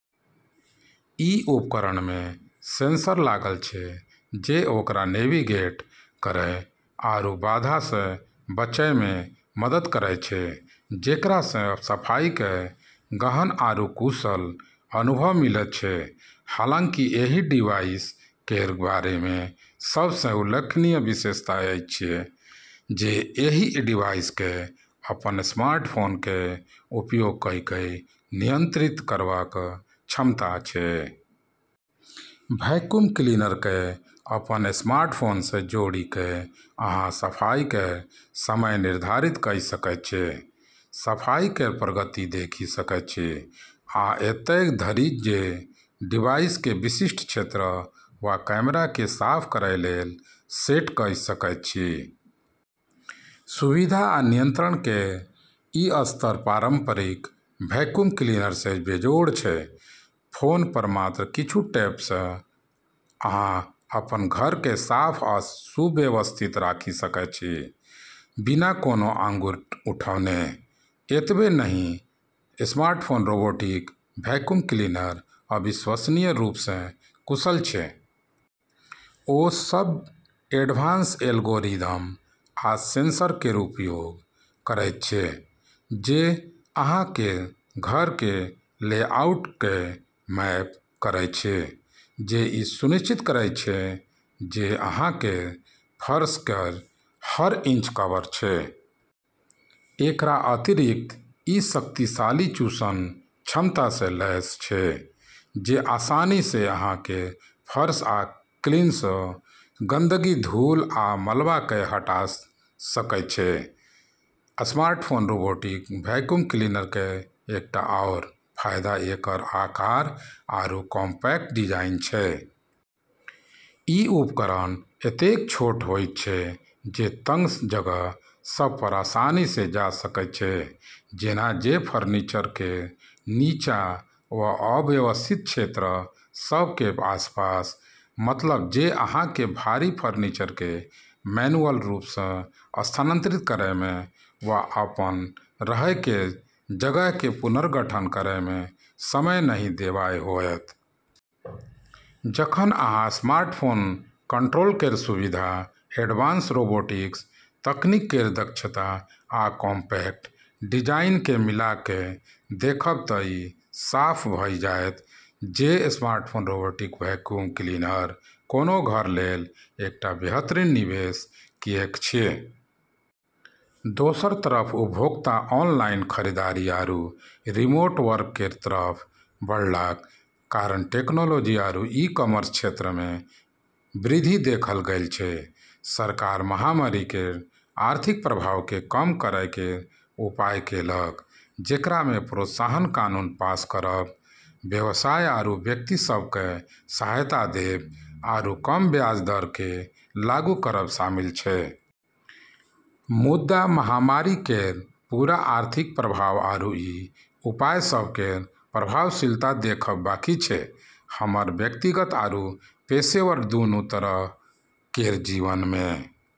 ई उपकरणमे सेंसर लागल छै जे ओकरा नेविगेट करै आरू बाधासँ बचैमे मदद करैत छै, जेकरासँ सफाई केर गहन आरू कुशल अनुभव मिलैत छै। हालांकि एहि डिवाइस केर बारेमे सबसँ उल्लेखनीय विशेषता अछि जे एहि डिवाइसकेँ अपन स्मार्टफोन केर उपयोग कऽ कऽ नियंत्रित करबाक क्षमता अछि। वैक्यूम क्लीनरकेँ अपन स्मार्टफोनसँ जोड़ि कऽ अहाँ सफाई केर समय निर्धारित कऽ सकैत छी, सफाई केर प्रगति देखि सकैत छी, आ एतए धरि जे डिवाइसकेँ विशिष्ट क्षेत्र वा कमराकेँ साफ करै लेल सेट कऽ सकैत छी। सुविधा आ नियंत्रण केर ई स्तर पारंपरिक वैक्यूम क्लीनरसँ बेजोड़ छै। फोनपर मात्र किछु टैपसँ अहाँ अपन घरकेँ साफ आ सुव्यवस्थित राखि सकैत छी, बिना कोनो आँगुर उठौने। एतबे नहि स्मार्टफोन रोबोटिक वैक्यूम क्लीनर अविश्वसनीय रूपसँ कुशल अछि। ओ सब एडवांस एल्गोरिदम आ सेंसर केर उपयोग करैत अछि जे अहाँ केर घर केर लेआउटकेँ मैप करैत अछि, जे ई सुनिश्चित करैत अछि जे अहाँ केर फर्श केर हर इंच कवर अछि। एकरा अतिरिक्त, ई शक्तिशाली चूषण क्षमतासँ लैस छै जे आसानीसँ अहाँ केर फर्श आ कालीनसँ गंदगी, धूल आ मलबाकेँ हटा सकैत छै। स्मार्टफोन रोबोटिक वैक्यूम क्लीनर केर एकटा आओर फायदा एकर आकार आरू कॉम्पैक्ट डिजाइन छै। ई उपकरण एतेक छोट होइत छै जे तंग जगह सभपर आसानीसँ जा सकैत छै, जेना जे फर्नीचर केर नीचाँ वा अव्यवस्थित क्षेत्र सभ केर आसपास। मतलब जे अहाँकेँ भारी फर्नीचरकेँ मैन्युअल रूपसँ स्थानांतरित करैमे वा अपन रहै केर जगहकेँ पुनर्गठन करैमे समय नहि देबाय होयत। जखन अहाँ स्मार्टफोन कंट्रोल केर सुविधा, एडवांस रोबोटिक्स तकनीक केर दक्षता, आ कॉम्पैक्ट डिजाइनकेँ मिला कऽ देखब तऽ ई साफ भऽ जाएत जे स्मार्टफोन रोबोटिक वैक्यूम क्लीनर कोनो घर लेल एकटा बेहतरीन निवेश किऐक अछि। दोसर तरफ उपभोक्ता ऑनलाइन खरीदारी आरू रिमोट वर्क केर तरफ बढ़लाक कारण टेक्नोलॉजी आरू ई-कॉमर्स क्षेत्रमे वृद्धि देखल गेल छै। सरकार महामारी केर आर्थिक प्रभावकेँ कम करै केर उपाय केलक, जेकरामे प्रोत्साहन कानून पास करब, व्यवसाय आरू व्यक्ति सभकेँ सहायता देब, आरू कम ब्याज दरकेँ लागू करब शामिल छै। मुदा महामारी केर पूरा आर्थिक प्रभाव आरू ई उपाय सभ केर प्रभावशीलता देखब बाकी छै। हमर व्यक्तिगत आरू पेशेवर दूनू तरह केर जीवनमे।